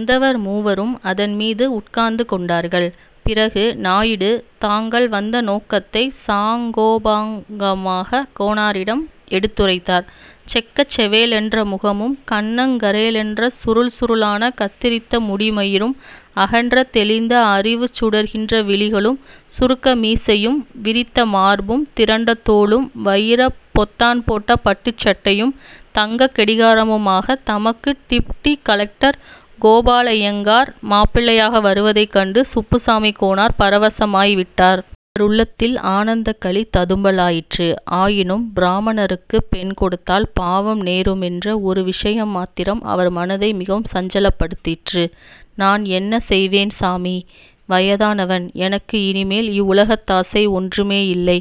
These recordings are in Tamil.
வந்தவர் மூவரும் அதன்மீது உட்கார்ந்து கொண்டார்கள். பிறகு, நாயுடு தாங்கள் வந்த நோக்கத்தை சாங்கோபாங்கமாகக் கோனாரிடம் எடுத்துரைத்தார். செக்கச்செவேலென்ற முகமும் கன்னங்கரேலென்ற சுருள் சுருளான கத்தரித்த முடிமயிரும், அகன்ற தெளிந்த அறிவுசுடர்கின்ற விழிகளும், துருக்கமீசையும், விரித்த மார்பும் திரண்ட தோளும், வயிரப் பொத்தான் போட்ட பட்டுச் சட்டையும், தங்க கடிகாரமுமாகத் தமக்கு டிப்டி கலெக்டர் கோபாலய்யங்கார் மாப்பிள்ளையாக வருவதைக் கண்டு சுப்புசாமிக் கோனார் பரவசமாய் விட்டார். அவருள்ளத்தில் ஆனந்தக்களி ததும்பலாயிற்று. ஆயினும் பிராமணருக்கு பெண் கொடுத்தால் பாவம் நேருமென்ற ஒரு விஷயம் மாத்திரம் அவர்மனதை மிகச் சஞ்சலப்படுத்திற்று. ''நான் என்ன செய்வேன். சாமி? வயதானவன். எனக்கு இனிமேல் இவ்வுலகத்தாசை ஒன்றுமேயில்லை.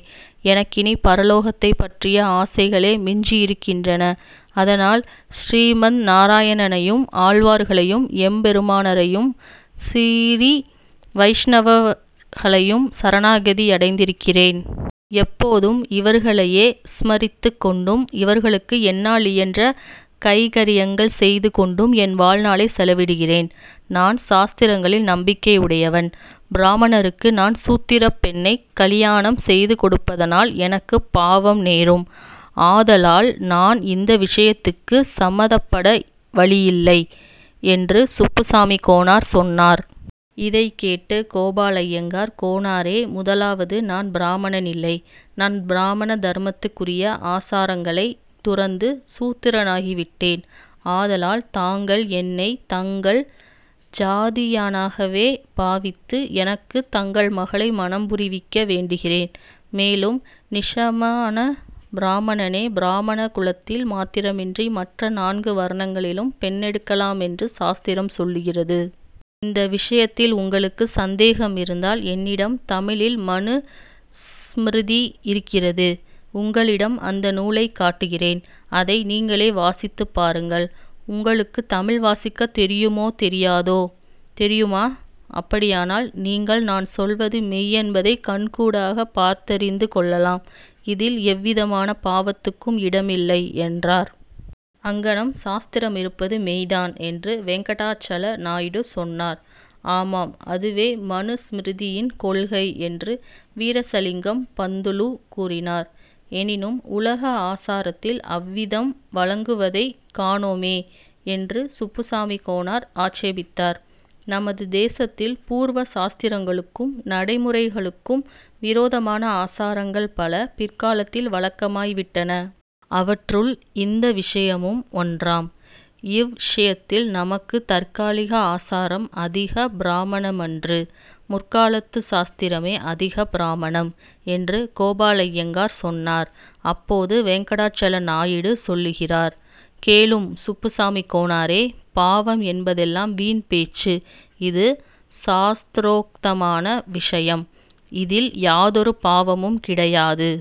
எனக்கினிப் பரலோக்ததைப் பற்றிய ஆசைகளே மிஞ்சியிருக்கின்றன. அதனால் சிறீமந் நாராயணனையும் ஆழ்வார்களையும் எம்பெருமானாரையும் சிறீ வைஷ்ணவர்களையும் சரணாகதியடைந்திருக்கிறேன். எப்போதும் இவர்களையே ஸ்மரித்துக் கொண்டும் இவர்களுக்கு என்னாலியன்ற கைங்கர்யங்கள் செய்து கொண்டும் என் வாழ்நாளைச் செலவிடுகிறேன். நான் சாஸ்திரங்களில் நம்பிக்கையுடையவன். பிராமணருக்கு நான் சூத்திரப் பெண்ணைக் கலியாணம் செய்து கொடுப்பதனால் எனக்குப் பாவம் நேரும். ஆதலால், நான் இந்த விஷயத்துக்கு சம்மதப்பட வழியில்லை'' என்று சுப்புசாமிக் கோனார் சொன்னார். இதைக் கேட்டு கோபாலய்யங்கார்-''கோனாரே, முதலாவது, நான் பிராமணனில்லை. நான் பிராமண தர்மத்துக்குரிய ஆசாரங்களைத் துறந்து சூத்திரனாகிவிட்டேன். ஆதலால் தாங்கள் என்னைத் தங்கள் ஜாதியானாகவே பாவித்து, எனக்குத் தங்கள் மகளை மணம் புரிவிக்க வேண்டுகிறேன். மேலும் நிஷமான பிராமணனே பிராமண குலத்தில் மாத்திரமின்றி மற்ற நான்கு வர்ணங்களிலும் பெண்ணெடுக்கலாமென்று சாஸ்திரம் சொல்லுகிறது. இந்த விஷயத்தில் உங்களுக்கு சந்தேகமிருந்தால், என்னிடம் தமிழில் மனு ஸ்ம்ருதி இருக்கிறது; உங்களிடம் அந்த நூலைக் காட்டுகிறேன். அதை நீங்களே வாசித்துப் பாருங்கள். உங்களுக்குத் தமிழ் வாசிக்கத் தெரியுமோ, தெரியாதோ? தெரியுமா? அப்படியானால் நீங்கள் நான் சொல்வது மெய்யென்பதைக் கண்கூடாகப் பார்த்தறிந்து கொள்ளலாம். இதில் எவ்விதமான பாவத்துக்கும் இடமில்லை'' என்றார். ''அங்ஙனம் சாஸ்திரமிருப்பது மெய்தான்'' என்று வேங்கடாசல நாயுடு சொன்னார். ''ஆமாம்; அதுவே மனு ஸ்ம்ருதியின் கொள்கை'' என்று வீரேசலிங்கம் பந்துலு கூறினார். ''எனினும், உலக ஆசாரத்தில் அவ்விதம் வழங்குவதைக் காணோமே? '' என்று சுப்புசாமிக் கோனார் ஆட்சேபித்தார். ''நமது தேசத்தில் பூர்வ சாஸ்திரங்களுக்கும் நடைகளுக்கும் விரோதமான ஆசாரங்கள் பல பிற்காலத்தில் வழக்கமாய்விட்டன. அவற்றுள் இந்த விஷயமும் ஒன்றாம். இவ்ஷியத்தில் நமக்குத் தற்கால ஆசாரம் அதிகப் பிரமாணமன்று. முற்காலத்து சாஸ்திரமே அதிகப் பிரமாணம்'' என்று கோபாலய்யங்கார் சொன்னார். அப்போது வேங்கடாசல நாயுடு சொல்லுகிறார்:- ''கேளும், சுப்புசாமிக் கோனாரே! பாவம் என்பதெல்லாம் வீண் பேச்சு. இது சாஸ்த்ரோக்தமான விஷயம். இதில் யாதொரு பாவமும் கிடையாது.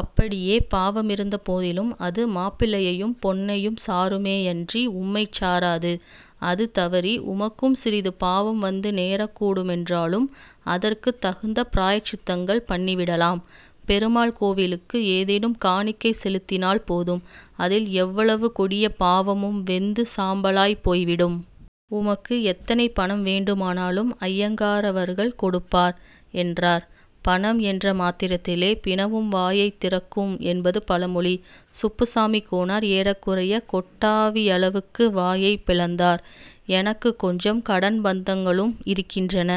அப்படியே பாவமிருந்த போதிலும், அது மாப்பிள்ளையையும் பொண்ணையும் சாருமேயன்றி, உம்மைச் சாராது. அது தவறி, உமக்கும் சிறிது பாவம் வந்து நேரக்கூடுமென்றாலும், அதற்குத் தகுந்த பிராயச்சித்தங்கள் பண்ணிவிடலாம். பெருமாள் கோயிலுக்கு ஏதேனும் காணிக்கை செலுத்தினால் போதும். அதில் எவ்வளவு கொடிய பாவமும் வெந்து சாம்பலாய்ப் போய்விடும். உமக்கு எத்தனை பணம் வேண்டுமானாலும், அய்யங்காரவர்கள் கொடுப்பார்'' என்றார். பணம் என்ற மாத்திரத்திலே பிணமும் வாயைத் திறக்கும் என்பது பழமொழி. சுப்புசாமிக் கோனார் ஏறக்குறையக் கொட்டாவியளவுக்கு வாயைப் பிளந்தார். ''எனக்குக் கொஞ்சம் கடன் பந்தங்களும் இருக்கின்றன.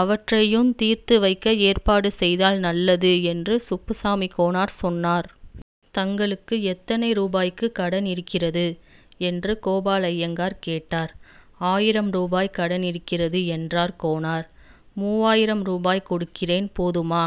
அவற்றையுந் தீர்த்துவைக்க ஏற்பாடு செய்தால் நல்லது'' என்று சுப்புசாமிக் கோனார் சொன்னார். ''தங்களுக்கு எத்தனை ரூபாய்க்குக் கடன் இருக்கிறது? '' என்று கோபாலய்யங்கார் கேட்டார். ''ஆயிரம் ரூபாய் கடன் இருக்கிறது'' என்றார் கோனார். ''மூவாயிரம் ரூபாய் கொடுக்கிறேன்; போதுமா?